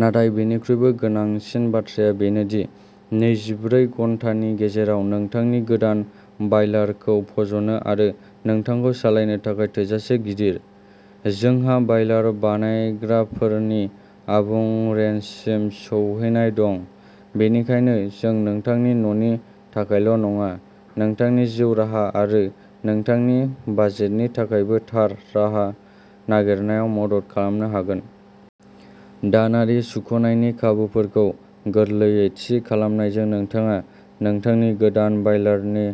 नाथाय बेनिख्रुइबो गोनांसिन बाथ्राया बेनो दि नैजिब्रै घन्टानि गेजेराव नोंथांनि गोदान बायलारखौ फज'नो आरो नोंथांखौ सालायनो थाखाय थोजासे गिदिर। जोंहा बायलार बानायग्राफोरनि आबुं रेन्जसिम सौहैनाय दं, बेनिखायनो जों नोंथांनि न'नि थाखायल' नङा, नोंथांनि जिउ राहा आरो नोंथांनि बाजेटनि थाखायबो थार राहा नागिरनायाव मदद खालामनो हागोन। दानारि सुख'नायनि खाबुफोरखौ गोरलैयै थि खालामनायजों नोंथाङा नोंथांनि गोदान बायलारनि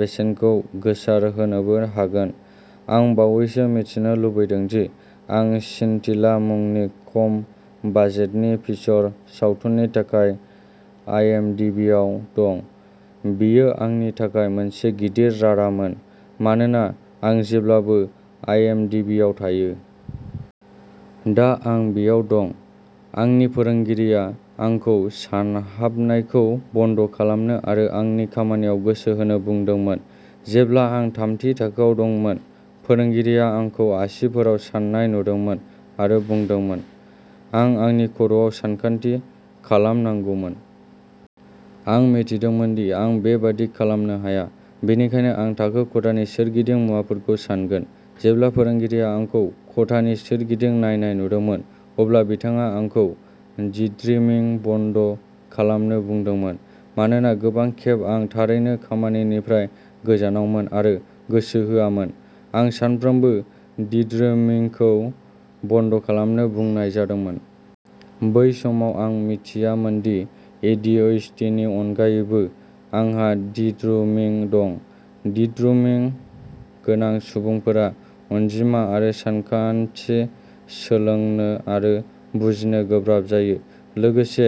बेसेनखौ गोसारहोनोबो हागोन। आं बावैसो मिथिनो लुबैदों दि आं सिनटिला मुंनि खम बाजेटनि फीचर सावथुननि थाखाय आइएमडिबिआव दं। बेयो आंनि थाखाय मोनसे गिदिर रादामोन, मानोना आं जेब्लाबो आइएमडिबिआव थायो। दा आं बेयाव दं। आंनि फोरोंगिरिआ आंखौ सानहाबनायखौ बन्द' खालामनो आरो आंनि खामानियाव गोसो होनो बुंदोंमोन। जेब्ला आं थामथि थाखोआव दंमोन, फोरोंगिरिया आंखौ आसिफोराव सान्नाय नुदोंमोन आरो बुंदोंमोन। आं आंनि खर'आव सानखान्थि खालामनांगौमोन। आं मिथियोमोन दि आं बेबादि खालामनो हाया, बेनिखायनो आं थाखो खथानि सोरगिदिं मुवाफोरखौ सानगोन। जेब्ला फोरोंगिरिआ आंखौ खथानि सोरगिदिं नायनाय नुदोंमोन, अब्ला बिथाङा आंखौ दिद्रिमिं बन्द' खालामनो बुंदोंमोन। मानोना गोबां खेब आं थारैनो खामानिनिफ्राय गोजानावमोन आरो गोसो होआमोन, आं सानफ्रोमबो दिद्रुमिंखौ बन्द' खालामनो बुंनाय जादोंमोन। बै समाव आं मिथियामोनदि, ए डि ओइस डि नि अनगायैबो, आंहा दिद्रुमिं दं। दिद्रुमिं गोनां सुबुंफोरा अनजिमा आरो सानखान्थि सोलोंनो आरो बुजिनो गोब्राब जायो, लोगोसे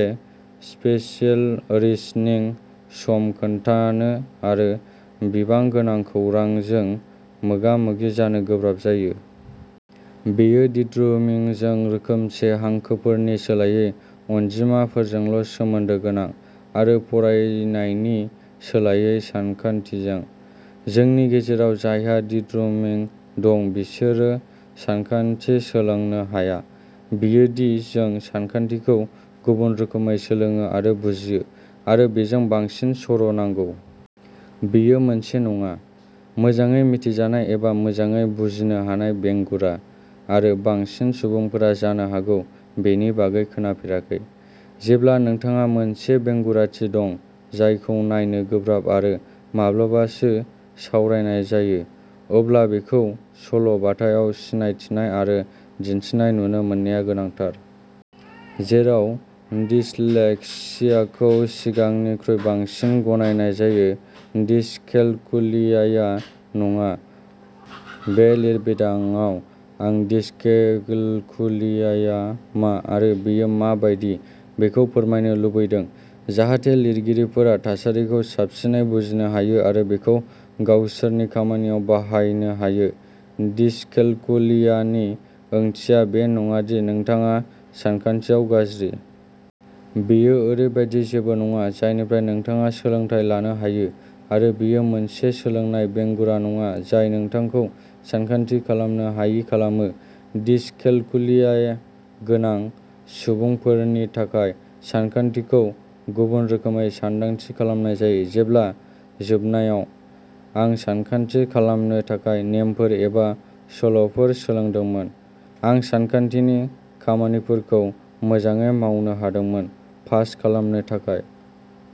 स्पेसियेल रिजनिं, सम खोन्थानो आरो बिबां गोनां खौरांजों मोगा-मोगि जानो गोब्राब जायो। बेयो दिद्रुमिंजों रोखोमसे, हांखोफोरनि सोलायै अनजिमाफोरजोंल' सोमोन्दो गोनां, आरो फरायनायनि सोलायै सानखान्थिजों। जोंनि गेजेराव जायहा दिद्रुमिं दं बिसोरो सानखान्थि सोलोंनो हाया; बेयो दि जों सानखान्थिखौ गुबुन रोखोमै सोलोङो आरो बुजियो आरो बेजों बांसिन सर' नांगौ। बेयो मोनसे नङा। मोजाङै मिथिजानाय एबा मोजाङै बुजिनो हानाय बेंगुरा, आरो बांसिन सुबुंफोरा जानो हागौ बेनि बागै खोनाफेराखै। जेब्ला नोंथांहा मोनसे बेंगुराथि दं जायखौ नायनो गोब्राब आरो माब्लाबासो सावरायनाय जायो, अब्ला बेखौ सल' बाथायाव सिनायथिनाय आरो दिन्थिनाय नुनो मोननाया गोनांथार। जेराव डिस्लेक्सियाखौ सिगांनिख्रुइ बांसिन गनायनाय जायो, डिसकेलकुलियाआ नङा। बे लिरबिदांआव, आं डिसकेलकुलियाआ मा आरो बेयो मा बायदि, बेखौ फोरमायनो लुबैदों, जाहाथे लिरगिरिफोरा थासारिखौ साबसिनै बुजिनो हायो आरो बेखौ गावसोरनि खामानियाव बाहायनो हायो। डिसकेलकुलियानि ओंथिया बे नङा दि नोंथाङा सानखान्थियाव गाज्रि। बेयो ओरैबायदि जेबो नङा जायनिफ्राय नोंथाङा सोलोंथाय लानो हायो। आरो बेयो मोनसे सोलोंनाय बेंगुरा नङा जाय नोंथांखौ सानखान्थि खालामनो हायि खालामो। डिसकेलकुलिया गोनां सुबुंफोरनि थाखाय, सानखान्थिखौ गुबुन रोखोमै सानदांथि खालामनाय जायो। जेब्ला, जोबनायाव, आं सानखान्थि खालामनो थाखाय नेमफोर एबा सोलोफोर सोलोंदोंमोन, आं सानखान्थिनि खामानिफोरखौ मोजाङै मावनो हादोंमोन, पास खालामनो थाखाय।